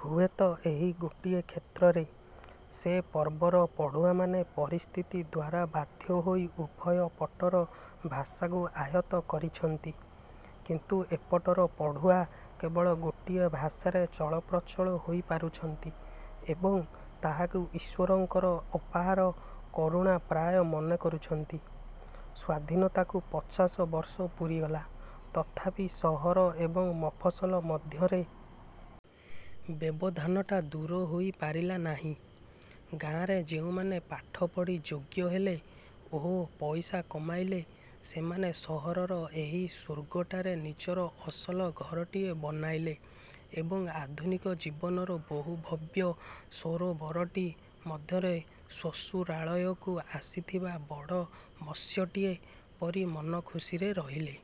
ହୁଏତ ଏହି ଗୋଟିଏ କ୍ଷେତ୍ରରେ, ସେ ପର୍ବର ପଢୁଆମାନେ ପରିସ୍ଥିତି ଦ୍ଵାରା ବାଧ୍ୟ ହୋଇ ଉଭୟ ପଟର ଭାଷାକୁ ଆୟତ୍ତ କରିଛନ୍ତି, କିନ୍ତୁ ଏପଟର ପଢୁଆଏ କେବଳ ଗୋଟିଏ ଭାଷାରେ ଚଳପ୍ରଚଳ ହୋଇପାରୁଛନ୍ତି ଏବଂ ତାହାକୁ ଈଶ୍ଵରଙ୍କର ଅପାର କରୁଣା ପ୍ରାୟ ମନେକରୁଛନ୍ତି। ସ୍ୱାଧୀନତାକୁ ପଚାଶ ବର୍ଷ ପୂରିଗଲା, ତଥାପି ସହର ଏବଂ ମଫସଲ ମଧ୍ୟରେ। ବ୍ୟବଧାନଟା ଦୂରହୋଇ ପାରିଲା ନାହିଁ। ଗାଁରେ ଯେଉଁମାନେ ପାଠ ପଢ଼ି ଯୋଗ୍ୟ ହେଲେ ଓ ପଇସା କମାଇଲେ, ସେମାନେ ସହରରର ଏହି ସ୍ୱର୍ଗଟାରେ ନିଜର ଅସଲ ଘରଟିଏ ବନାଇଲେ ଏବଂ ଆଧୁନିକ ଜୀବନର ବହୁଭବ୍ୟ ସରୋବରଟି ମଧ୍ୟରେ ଶ୍ୱଶୁରାଳୟକୁ ଆସିଥିବା ବଡ଼ ମତ୍ସ୍ୟଟିଏ ପରି ମନସୁଖରେ ରହିଲେ।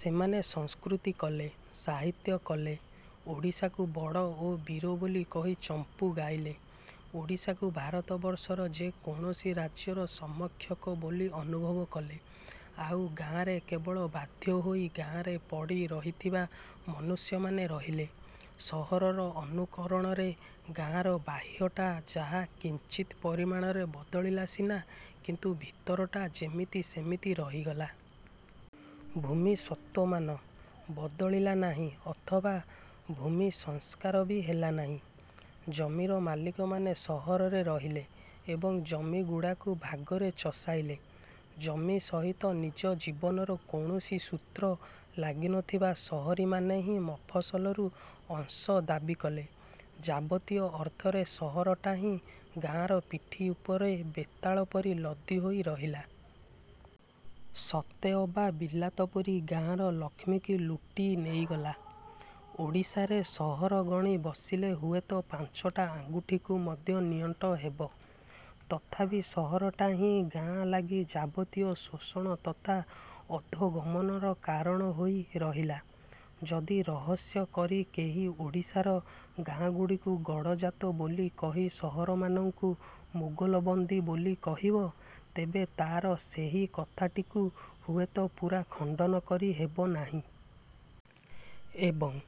ସେମାନେ ସଂସ୍କୃତି କଲେ, ସାହିତ୍ୟ କଲେ, ଓଡ଼ିଶାକୁ ବଡ଼ ଓ ବୀର ବୋଲି କହି ଚମ୍ପୁ ଗାଇଲେ। ଓଡ଼ିଶାକୁ ଭାରତବର୍ଷର ଯେକୌଣସି ରାଜ୍ୟର ସମକକ୍ଷ ବୋଲି ଅନୁଭବ କଲେ, ଆଉ ଗାଆଁରେ କେବଳ ବାଧ୍ୟ ହୋଇ ଗାଆଁରେ ପଡ଼ି ରହିଥିବା ମନୁଷ୍ୟମାନେ ରହିଲେ। ସହରର ଅନୁକରଣରେ ଗାଆଁର ବାହ୍ୟଟା ଯାହା କିଞ୍ଚିତ୍ ପରିମାଣରେ ବଦଳିଲା ସିନା, କିନ୍ତୁ ଭିତରଟା ଯେମିତି ସେମିତି ରହିଗଲା। ଭୂସତ୍ଵମାନ ବଦଳିଲା ନାହିଁ ଅଥବା ଭୂମି ସଂସ୍କାର ବି ହେଲା ନାହିଁ। ଜମିର ମାଲିକମାନେ ସହରରେ ରହିଲେ ଏବଂ ଜମିଗୁଡ଼ାକୁ ଭାଗରେ ଚଷାଇଲେ। ଜମି ସହିତ ନିଜ ଜୀବନର କୌଣସି ସୂତ୍ର ଲାଗିନଥିବା ସହରୀମାନେ ହିଁ ଫସଲରୁ ଅଂଶ ଦାବିକଲେ। ଯାବତୀୟ ଅର୍ଥରେ ସହରଟା ହିଁ ଗାଆଁର ପିଠି ଉପରେ ବେତାଳ ପରି ଲଦିହୋଇ ରହିଲା। ସତେଅବା ବିଲାତ ପରି ଗାଆଁର ଲକ୍ଷ୍ମୀଙ୍କୁ ଲୁଟି ନେଇଗଲା। ଓଡ଼ିଶାରେ ସହର ଗଣି ବସିଲେ ହୁଏତ ପାଞ୍ଚଟା ଆଙ୍ଗୁଠିକୁ ମଧ୍ୟ ନିଅଣ୍ଟ ହେବ, ତଥାପି ସହରଟା ହିଁ ଗାଆଁ ଲାଗି ଯାବତୀୟ ଶୋଷଣ ତଥା ଅଧୋଗମନର କାରଣ ହୋଇ ରହିଲା। ଯଦି ରହସ୍ୟ କରି କେହି ଓଡ଼ିଶାର ଗାଆଁଗୁଡ଼ିକୁ ଗଡ଼ଜାତ ବୋଲି କହି ସହରମାନଙ୍କୁ ମୋଗଲବନ୍ଦୀ ବୋଲି କହିବ, ତେବେ ତା'ର ସେହି କଥାଟିକୁ ହୁଏତ ପୂରା ଖଣ୍ଡନ କରି ହେବନାହିଁ। ଏବଂ,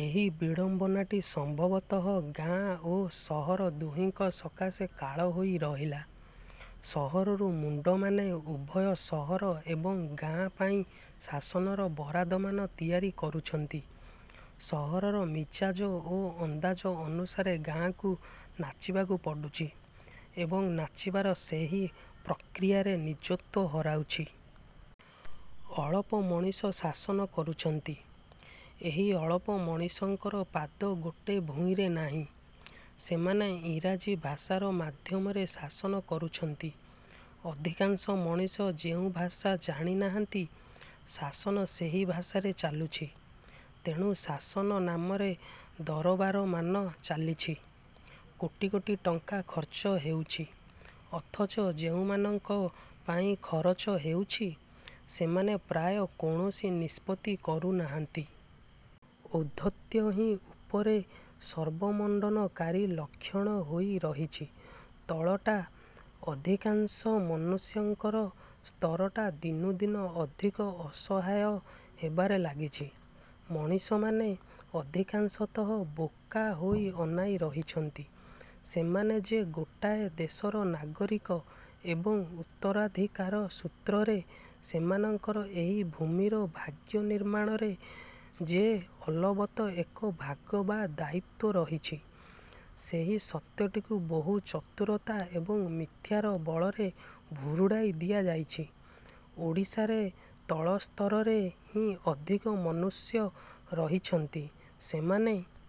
ଏହି ବିଡ଼ମ୍ବନାଟି ସମ୍ଭବତଃ ଗାଆଁ ଓ ସହର ଦୁହିଙ୍କ ସକାଶେ କାଳ ହୋଇ ରହିଲା। ସହରରୁ ମୁଣ୍ଡମାନେ ଉଭୟ ସହର ଏବଂ ଗାଆଁ ପାଇଁ ଶାସନର ବରାଦମାନ ତିଆରି କରୁଛନ୍ତି। ସହରର ମିଜାଜ ଓ ଅନ୍ଦାଜ ଅନୁସାରେ ଗାଆଁକୁ ନାଚିବାକୁ ପଡୁଛି ଏବଂ ନାଚିବାର ସେହି ପ୍ରକ୍ରିୟାରେ ନିଜତ୍ୱ ହରାଉଛି। ଅଳପ ମଣିଷ ଶାସନ କରୁଛନ୍ତି। ଏହି ଅଳପ ମଣିଷଙ୍କର ପାଦ ମୋଟେ ଭୂଇଁରେ ନାହିଁ। ସେମାନେ ଇଂରାଜୀ ଭାଷାର ମାଧ୍ୟମରେ ଶାସନ କରୁଛନ୍ତି। ଅଧିକାଂଶ ମଣିଷ ଯେଉଁ ଭାଷା ଜାଣିନାହାନ୍ତି, ଶାସନ ସେହି ଭାଷାରେ ଚାଲୁଛି। ତେଣୁ ଶାସନ ନାମରେ ଦରବାରମାନ ଚାଲିଛି। କୋଟି କୋଟି ଟଙ୍କା ଖର୍ଚ୍ଚ ହେଉଛି; ଅଥଚ ଯେଉଁମାନଙ୍କ ପାଇଁ ଖରଚ ହେଉଛି, ସେମାନେ ପ୍ରାୟ କୌଣସି ନିଷ୍ପତ୍ତି କରୁନାହାନ୍ତି। ଔଦ୍ଧତ୍ୟ ହିଁ ଉପରେ ସର୍ବମଣ୍ଡନକାରୀ ଲକ୍ଷଣ ହୋଇ ରହିଛି। ତଳଟା, ଅଧିକାଂଶ ମନୁଷ୍ୟଙ୍କର ସ୍ତରଟା ଦିନୁଦିନ ଅଧିକ ଅସହାୟ ହେବାରେ ଲାଗିଛି। ମଣିଷମାନେ ଅଧିକାଂଶତଃ ବୋକା ହୋଇ ଅନାଇ ରହିଛନ୍ତି। ସେମାନେ ଯେ ଗୋଟାଏ ଦେଶର ନାଗରିକ ଏବଂ ଉତ୍ତରାଧିକାର ସୂତ୍ରରେ ସେମାନଙ୍କର ଏହି ଭୂମିର ଭାଗ୍ୟନିର୍ମାଣରେ ଯେ ଅଲବତ ଏକ ଭାଗ ବା ଦାୟିତ୍ୱ ରହିଛି, ସେହି ସତ୍ୟଟିକୁ ବହୁ ଚତୁରତା ଏବଂ ମିଥ୍ୟାର ବଳରେ ଭୁରୁଡ଼ାଇ ଦିଆଯାଇଛି। ଓଡ଼ିଶାରେ ତଳସ୍ତରରେ ହିଁ ଅଧିକ ମନୁଷ୍ୟ ରହିଛନ୍ତି। ସେମାନେ